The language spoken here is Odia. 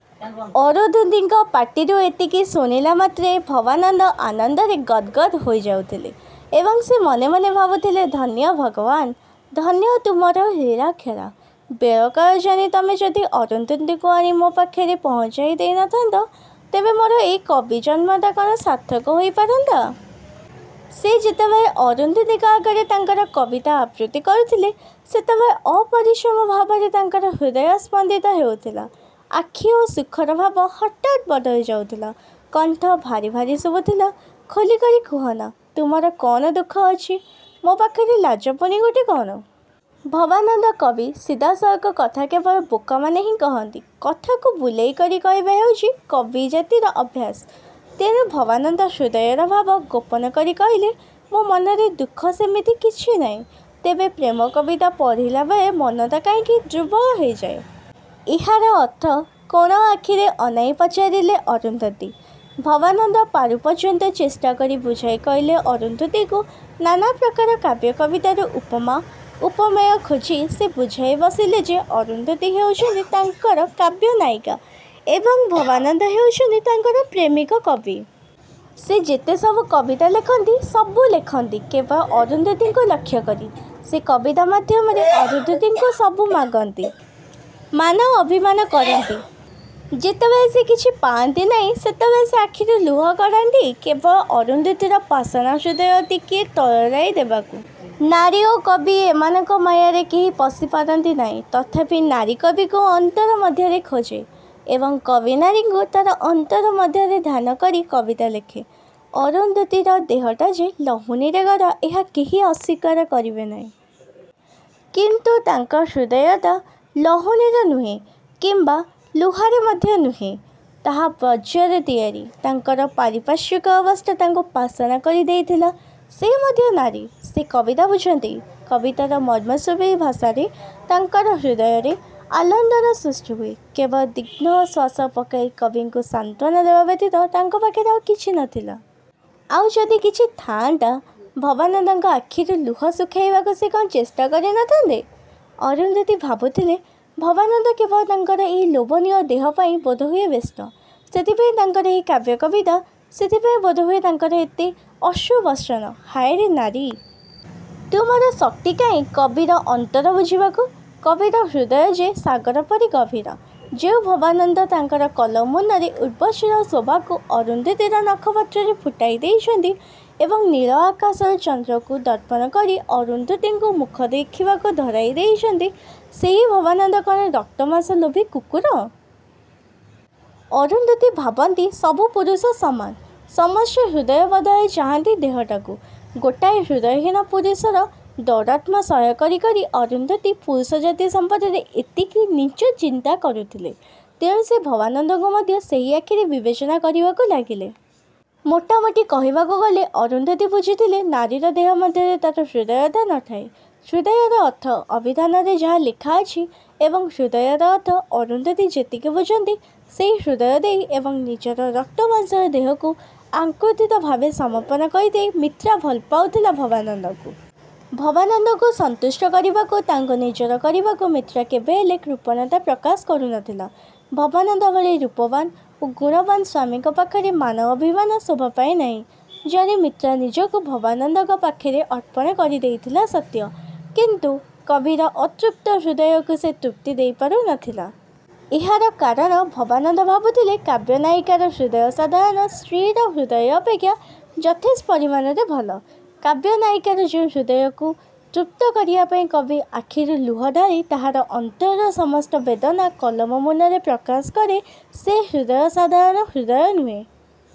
'' ଅରୁନ୍ଧୁତୀଙ୍କ ପାଟିରୁ ଏତିକି ଶୁଣିଲା ମାତ୍ରେ ଭବାନନ୍ଦ ଆନନ୍ଦରେ ଗଦ୍ ଗଦ୍ ହୋଇଯାଉଥିଲେ ଏବଂ ସେ ମନେମନେ ଭାବୁଥିଲେ ଧନ୍ୟ ଭଗବାନ! ଧନ୍ୟ ତୁମର ଲୀଳାଖେଳା-। ବେଳକାଳ ଜାଣି ତମେ ଯଦି ଅରୁନ୍ଧୁତୀକୁ ଆଣି ମୋ ପାଖରେ ପହଞ୍ଚାଇ ଦେଇନଥାନ୍ତ, ତେବେ ମୋର ଏଇ କବି ଜନ୍ମଟା କ'ଣ ସାର୍ଥକ ହୋଇପାରନ୍ତା? ସେ ଯେତେବେଳେ ଅରୁନ୍ଧୁତୀଙ୍କ ଆଗରେ ତାଙ୍କର କବିତା ଆବୃତ୍ତି କରୁଥିଲେ, ସେତେବେଳେ ଅପରିସୀମ ଭାବରେ ତାଙ୍କର ହୃଦୟ ସ୍ପନ୍ଦିତ ହେଉଥିଲା। ଆଖି ଓ ସୁଖର ଭାବ ହଠାତ୍ ବଦଳି ଯାଉଥିଲା। କଣ୍ଠ ଭାରି ଭାରି ଶୁଭୁଥିଲା। ଖୋଲିକରି କୁହନା, ତୁମର କ'ଣ ଦୁଃଖ ଅଛି? ମୋ ପାଖରେ ଲାଜ ପୁଣି ଗୋଟେ କ'ଣ? '' ଭବାନନ୍ଦ କବି। ସିଧାସଳଖ କଥା କେବଳ ବୋକାମାନେ ହିଁ କହନ୍ତି। କଥାକୁ ବୁଲେଇକରି କହିବା ହେଉଛି କବିଜାତିର ଅଭ୍ୟାସ। ତେଣୁ ଭବାନନ୍ଦ ହୃଦୟର ଭାବ ଗୋପନକରି କହିଲେ, ''ମୋ ମନରେ ଦୁଃଖ ସେମିତି କିଛି ନାହିଁ। ତେବେ ପ୍ରେମ କବିତା ପଢ଼ିଲା ବେଳେ ମନଟା କାହିଁକି ଦୁର୍ବଳ ହୋଇଯାଏ। '' ''ଏହାର ଅର୍ଥ? '' କୋଣ ଆଖିରେ ଅନାଇ ପଚାରିଲେ ଅରୁନ୍ଧୁତୀ। ଭବାନନ୍ଦ ପାରୁପର୍ଯ୍ୟନ୍ତ ଚେଷ୍ଟାକରି ବୁଝାଇ କହିଲେ ଅରୁନ୍ଧୁତୀକୁ। ନାନାପ୍ରକାର କାବ୍ୟ କବିତାରୁ ଉପମା, ଉପମେୟ ଖୋଜି। ସେ ବୁଝାଇ ବସିଲେ ଯେ ଅରୁନ୍ଧୁତୀ ହେଉଛନ୍ତି ତାଙ୍କର କାବ୍ୟନାୟିକା ଏବଂ ଭବାନନ୍ଦ ହେଉଛନ୍ତି ତାଙ୍କର ପ୍ରେମିକ କବି। ସେ ଯେତେସବୁ କବିତା ଲେଖନ୍ତି ସବୁ ଲେଖନ୍ତି କେବଳ ଅରୁନ୍ଧୁତୀକୁ ଲକ୍ଷ୍ୟକରି। ସେ କବିତା ମାଧ୍ୟମରେ ଅରୁନ୍ଧୁତୀକୁ ସବୁ ମାଗନ୍ତି। ମାନ, ଅଭିମାନ କରନ୍ତି। ଯେତେବେଳେ ସେ କିଛି ପାଆନ୍ତି ନାହିଁ, ସେତେବେଳେ ସେ ଆଖିରୁ ଲୁହ ଗଡ଼ାନ୍ତି, କେବଳ ଅରୁନ୍ଧୁତୀର ପାଷାଣ ହୃଦୟ ଟିକିଏ ତରଳାଇ ଦେବାକୁ। ନାରୀ ଓ କବି ଏମାନଙ୍କ ମାୟାରେ କେହି ପଶି ପାରନ୍ତି ନାହିଁ। ତଥାପି ନାରୀ କବିକୁ ଅନ୍ତର ମଧ୍ୟରେ ଖୋଜେ ଏବଂ କବି ନାରୀକୁ ତା'ର ଅନ୍ତର ମଧ୍ୟରେ ଧ୍ୟାନକରି କବିତା ଲେଖେ। ଅରୁନ୍ଧୁତୀର ଦେହଟା ଯେ ଲହୁଣୀରେ ଗଢ଼ା, ଏହା କେହି ଅସ୍ୱୀକାର କରିବେ ନାହିଁ। କିନ୍ତୁ ତାଙ୍କ ହୃଦୟଟା ଲହୁଣୀର ନୁହେଁ କିମ୍ବା ଲୁହାରେ ମଧ୍ୟ ନୁହେଁ। ତାହା ବଜ୍ରରେ ତିଆରି। ତାଙ୍କର ପାରିପାର୍ଶ୍ୱିକ ଅବସ୍ଥା ତାଙ୍କୁ ପାଷାଣ କରିଦେଇଥିଲା। ସେ ମଧ୍ୟ ନାରୀ। ସେ କବିତା ବୁଝନ୍ତି। କବିତାର ମର୍ମସ୍ପର୍ଶୀ ଭାଷାରେ ତାଙ୍କର ହୃଦୟରେ ଆଲୋଡ଼ନ ସୃଷ୍ଟିହୁଏ। କେବଳ ଦୀର୍ଘଶ୍ୱାସ ପକାଇ କବିକୁ ସାନ୍ତ୍ୱାନା ଦେବା ବ୍ୟତୀତ ତାଙ୍କ ପାଖରେ ଆଉ କିଛି ନ ଥିଲା। ଆଉ ଯଦି କିଛି ଥାଆନ୍ତା, ଭବାନନ୍ଦଙ୍କ ଆଖିରୁ ଲୁହ ଶୁଖାଇବାକୁ ସେ କ'ଣ ଚେଷ୍ଟା କରିନଥାନ୍ତେ? ଅରୁନ୍ଧୁତୀ ଭାବୁଥିଲେ ଭବାନନ୍ଦ କେବଳ ତାଙ୍କର ଏହି ଲୋଭନୀୟ ଦେହପାଇଁ ବୋଧହୁଏ ବ୍ୟସ୍ତ। ସେଥିପାଇଁ ତାଙ୍କର ଏହି କାବ୍ୟ, କବିତା। ସେଥିପାଇଁ ବୋଧହୁଏ ତାଙ୍କର ଏତେ ଅଶ୍ରୁବର୍ଷଣ। ହାୟରେ ନାରୀ! ତୁମର ଶକ୍ତି କାହିଁ କବିର ଅନ୍ତର ବୁଝିବାକୁ। କବିର ହୃଦୟ ଯେ ସାଗର ପରି ଗଭୀର। ଯେଉଁ ଭବାନନ୍ଦ ତାଙ୍କର କଲମ ମୂନରେ ଉର୍ବଶୀର ଶୋଭାକୁ ଅରୁନ୍ଧୁତୀର ନଖପତ୍ରରେ ଫୁଟାଇ ଦେଇଛନ୍ତି ଏବଂ ନୀଳ ଆକାଶର ଚନ୍ଦ୍ରକୁ ଦର୍ପଣ କରି ଅରୁନ୍ଧୁତୀକୁ ମୁଖ ଦେଖିବାକୁ ଧରାଇ ଦେଇଛନ୍ତି, ସେହି ଭବାନନ୍ଦ କ'ଣ ରକ୍ତମାଂସ ଲୋଭୀ କୁକୁର? ଅରୁନ୍ଧୁତୀ ଭାବନ୍ତି ସବୁ ପୁରୁଷ ସମାନ। ସମସ୍ତେ ହୃଦୟ ବଦଳରେ ଚାହାଁନ୍ତି ଦେହଟାକୁ-। ଗୋଟାଏ ହୃଦୟହୀନ ପୁରୁଷର ଦୌରାତ୍ମ୍ୟ ସହ୍ୟ କରି କରି ଅରୁନ୍ଧୁତୀ ପୁରୁଷଜାତି ସମ୍ବନ୍ଧରେ ଏତିକି ନୀଚ ଚିନ୍ତା କରୁଥିଲେ। ତେଣୁ ସେ ଭବାନନ୍ଦଙ୍କୁ ମଧ୍ୟ ସେହି ଆଖିରେ ବିବେଚନା କରିବାକୁ ଲାଗିଲେ। ମୋଟାମୋଟି କହିବାକୁ ଗଲେ ଅରୁନ୍ଧୁତୀ ବୁଝିଥିଲେ ନାରୀର ଦେହ ମଧ୍ୟରେ ତା'ର ହୃଦୟଟା ନଥାଏ। ହୃଦୟର ଅର୍ଥ ଅଭିଧାନରେ ଯାହା ଲେଖାଅଛି ଏବଂ ହୃଦୟର ଅର୍ଥ ଅରୁନ୍ଧୁତୀ ଯେତିକି ବୁଝନ୍ତି ସେହି ହୃଦୟଦେଇ ଏବଂ ନିଜର ରକ୍ତମାଂସର ଦେହକୁ ଆକୁଣ୍ଠିତଭାବେ ସମର୍ପଣ କରିଦେଇ ମିତ୍ରା ଭଲପାଉଥିଲା ଭବାନନ୍ଦକୁ। ଭବାନନ୍ଦକୁ ସନ୍ତୁଷ୍ଟ କରିବାକୁ, ତାଙ୍କୁ ନିଜର କରିବାକୁ ମିତ୍ରା କେବେହେଲେ କୃପଣତା ପ୍ରକାଶ କରୁନଥିଲା। ଭବାନନ୍ଦ ଭଳି ରୂପବାନ୍ ଓ ଗୁଣବାନ୍ ସ୍ୱାମୀଙ୍କ ପାଖରେ ମାନ ଅଭିମାନ ଶୋଭାପାଏ ନାହିଁ ଜାଣି ମିତ୍ରା ନିଜକୁ ଭବାନନ୍ଦଙ୍କ ପାଖରେ ଅର୍ପଣ କରିଦେଇଥିଲା ସତ୍ୟ; କିନ୍ତୁ କବିର ଅତୃପ୍ତ ହୃଦୟକୁ ସେ ତୃପ୍ତି ଦେଇପାରୁ ନଥିଲା। ଏହାର କାରଣ, ଭବାନନ୍ଦ ଭାବୁଥିଲେ କାବ୍ୟ ନାୟିକାର ହୃଦୟ ସାଧାରଣ ସ୍ତ୍ରୀର ହୃଦୟ ଅପେକ୍ଷା ଯଥେଷ୍ଟ ପରିମାଣରେ ଭଲ। କାବ୍ୟ ନାୟିକାର ଯେଉଁ ହୃଦୟକୁ ତୃପ୍ତ କରିବା ପାଇଁ କବି ଆଖିରୁ ଲୁହ ଢାଳି ତାହାର ଅନ୍ତରର ସମସ୍ତ ବେଦନା କଲମ ମୁନରେ ପ୍ରକାଶ କରେ ସେ ହୃଦୟ ସାଧାରଣ ହୃଦୟ ନୁହେଁ।